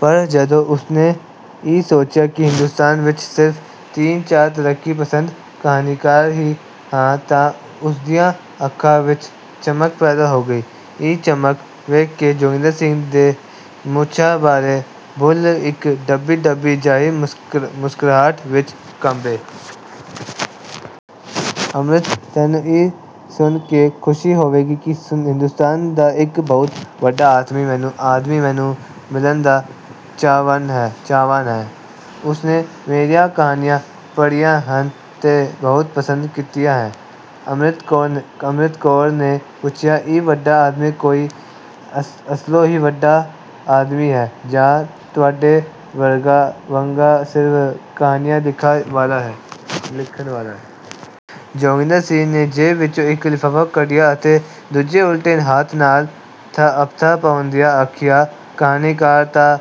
ਪਰ ਜਦੋਂ ਉਸਨੇ ਇਹ ਸੋਚਿਆ ਕਿ ਹਿੰਦੋਸਤਾਨ ਵਿੱਚ ਸਿਰਫ਼ ਤਿੰਨ-ਚਾਰ ਤਰੱਕੀਪਸੰਦ ਕਹਾਣੀਕਾਰ ਹੀ ਹਨ ਤਾਂ ਉਸਦੀਆਂ ਅੱਖਾਂ ਵਿੱਚ ਚਮਕ ਪੈਦਾ ਹੋ ਗਈ। ਇਹ ਚਮਕ ਵੇਖ ਕੇ ਜੋਗਿੰਦਰ ਸਿੰਘ ਦੇ ਮੁੱਛਾਂ-ਭਰੇ ਬੁੱਲ੍ਹ ਇੱਕ ਦੱਬੀ-ਦੱਬੀ ਜਿਹੀ ਮੁਸਕਰਾਹਟ ਵਿੱਚ ਕੰਬੇ। ਅੰਮ੍ਰਿਤ, ਤੈਨੂੰ ਇਹ ਸੁਣ ਕੇ ਖੁਸ਼ੀ ਹੋਵੇਗੀ ਕਿ ਹਿੰਦੋਸਤਾਨ ਦਾ ਇੱਕ ਬਹੁਤ ਵੱਡਾ ਆਦਮੀ ਮੈਨੂੰ ਮਿਲਣ ਦਾ ਚਾਹਵਾਨ ਹੈ। ਉਸਨੇ ਮੇਰੀਆਂ ਕਹਾਣੀਆਂ ਪੜ੍ਹੀਆਂ ਹਨ ਤੇ ਬਹੁਤ ਪਸੰਦ ਕੀਤੀਆਂ ਹਨ। ਅੰਮ੍ਰਿਤ ਕੌਰ ਨੇ ਪੁੱਛਿਆ, ਇਹ ਵੱਡਾ ਆਦਮੀ ਕੋਈ ਅਸਲੋਂ ਹੀ ਵੱਡਾ ਆਦਮੀ ਹੈ ਜਾਂ ਤੁਹਾਡੇ ਵਾਂਗ ਸਿਰਫ਼ ਕਹਾਣੀਆਂ ਲਿਖਣ ਵਾਲਾ ਹੈ? ਜੋਗਿੰਦਰ ਸਿੰਘ ਨੇ ਜੇਬ ਵਿੱਚੋਂ ਇੱਕ ਲਿਫ਼ਾਫ਼ਾ ਕੱਢਿਆ ਅਤੇ ਦੂਜੇ ਉਲਟੇ ਹੱਥ ਨਾਲ ਥਪਥਪਾਉਂਦਿਆਂ ਆਖਿਆ, ਕਹਾਣੀਕਾਰ ਤਾਂ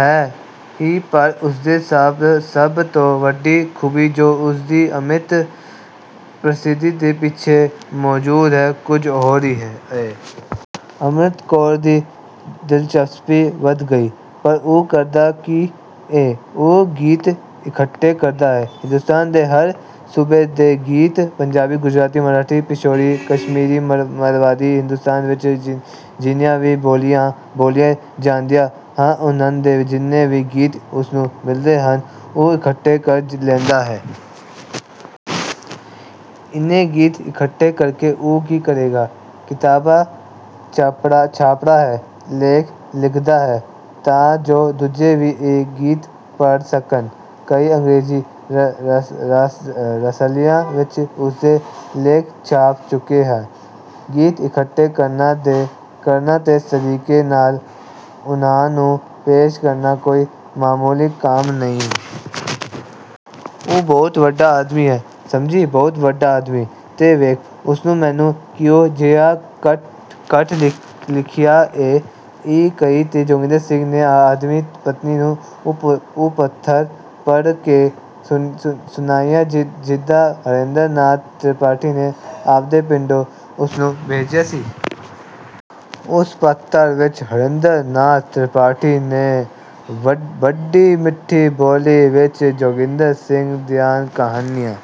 ਹੈ ਹੀ ਪਰ ਉਸਦੀ ਸਭ ਤੋਂ ਵੱਡੀ ਖੂਬੀ ਜੋ ਉਸਦੀ ਅਮਿੱਟ ਪ੍ਰਸਿੱਧੀ ਦੇ ਪਿੱਛੇ ਮੌਜੂਦ ਹੈ ਕੁਝ ਹੋਰ ਹੀ ਏ। ਅੰਮ੍ਰਿਤ ਕੌਰ ਦੀ ਦਿਲਚਸਪੀ ਵਧ ਗਈ। ਪਰ ਉਹ ਕਰਦਾ ਕੀ ਏ? ਉਹ ਗੀਤ ਇਕੱਠੇ ਕਰਦਾ ਏ। ਹਿੰਦੋਸਤਾਨ ਦੇ ਹਰ ਸੂਬੇ ਦੇ ਗੀਤ, ਪੰਜਾਬੀ, ਗੁਜਰਾਤੀ, ਮਰਾਠੀ, ਪਿਸ਼ੌਰੀ, ਕਸ਼ਮੀਰੀ, ਮਾਰਵਾੜੀ। ਹਿੰਦੋਸਤਾਨ ਵਿੱਚ ਜਿੰਨੀਆਂ ਵੀ ਬੋਲੀਆਂ ਬੋਲੀਆਂ ਜਾਂਦੀਆਂ ਹਨ ਉਨ੍ਹਾਂ ਦੇ ਜਿੰਨੇ ਵੀ ਗੀਤ ਉਸਨੂੰ ਮਿਲਦੇ ਹਨ ਉਹ ਇਕੱਠੇ ਕਰ ਲੈਂਦਾ ਹੈ। ਇੰਨੇ ਗੀਤ ਇਕੱਠੇ ਕਰਕੇ ਉਹ ਕੀ ਕਰੇਗਾ? ਕਿਤਾਬਾਂ ਛਾਪਦਾ ਹੈ, ਲੇਖ ਲਿਖਦਾ ਹੈ ਤਾਂ ਜੋ ਦੂਜੇ ਵੀ ਇਹ ਗੀਤ ਪੜ੍ਹ ਸਕਣ। ਕਈ ਅੰਗ੍ਰੇਜ਼ੀ ਰਸਾਲਿਆਂ ਵਿੱਚ ਉਸਦੇ ਲੇਖ ਛਪ ਚੁੱਕੇ ਹਨ। ਗੀਤ ਇਕੱਠੇ ਕਰਨਾ ਤੇ ਸਲੀਕੇ ਨਾਲ ਉਨ੍ਹਾਂ ਨੂੰ ਪੇਸ਼ ਕਰਨਾ ਕੋਈ ਮਾਮੂਲੀ ਕੰਮ ਨਹੀਂ। ਉਹ ਬਹੁਤ ਵੱਡਾ ਆਦਮੀ ਹੈ, ਸਮਝੀ, ਬਹੁਤ ਵੱਡਾ ਆਦਮੀ! ਤੇ ਵੇਖ, ਉਸਨੇ ਮੈਨੂੰ ਕਿਹੋ ਜਿਹਾ ਖ਼ਤ ਲਿਖਿਆ ਏ। ਇਹ ਕਹਿ ਕੇ, ਜੋਗਿੰਦਰ ਸਿੰਘ ਨੇ ਆਪਣੀ ਪਤਨੀ ਨੂੰ ਉਹ ਪੱਤਰ ਪੜ੍ਹ ਕੇ ਸੁਣਾਇਆ ਜਿਹੜਾ ਹਰੇਂਦਰ ਨਾਥ ਤ੍ਰਿਪਾਠੀ ਨੇ ਆਪਦੇ ਪਿੰਡੋਂ ਉਸਨੂੰ ਭੇਜਿਆ ਸੀ। ਉਸ ਪੱਤਰ ਵਿੱਚ ਹਰੇਂਦਰ ਨਾਥ ਤ੍ਰਿਪਾਠੀ ਨੇ ਬੜੀ ਮਿੱਠੀ ਬੋਲੀ ਵਿੱਚ ਜੋਗਿੰਦਰ ਸਿੰਘ ਦੀਆਂ ਕਹਾਣੀਆਂ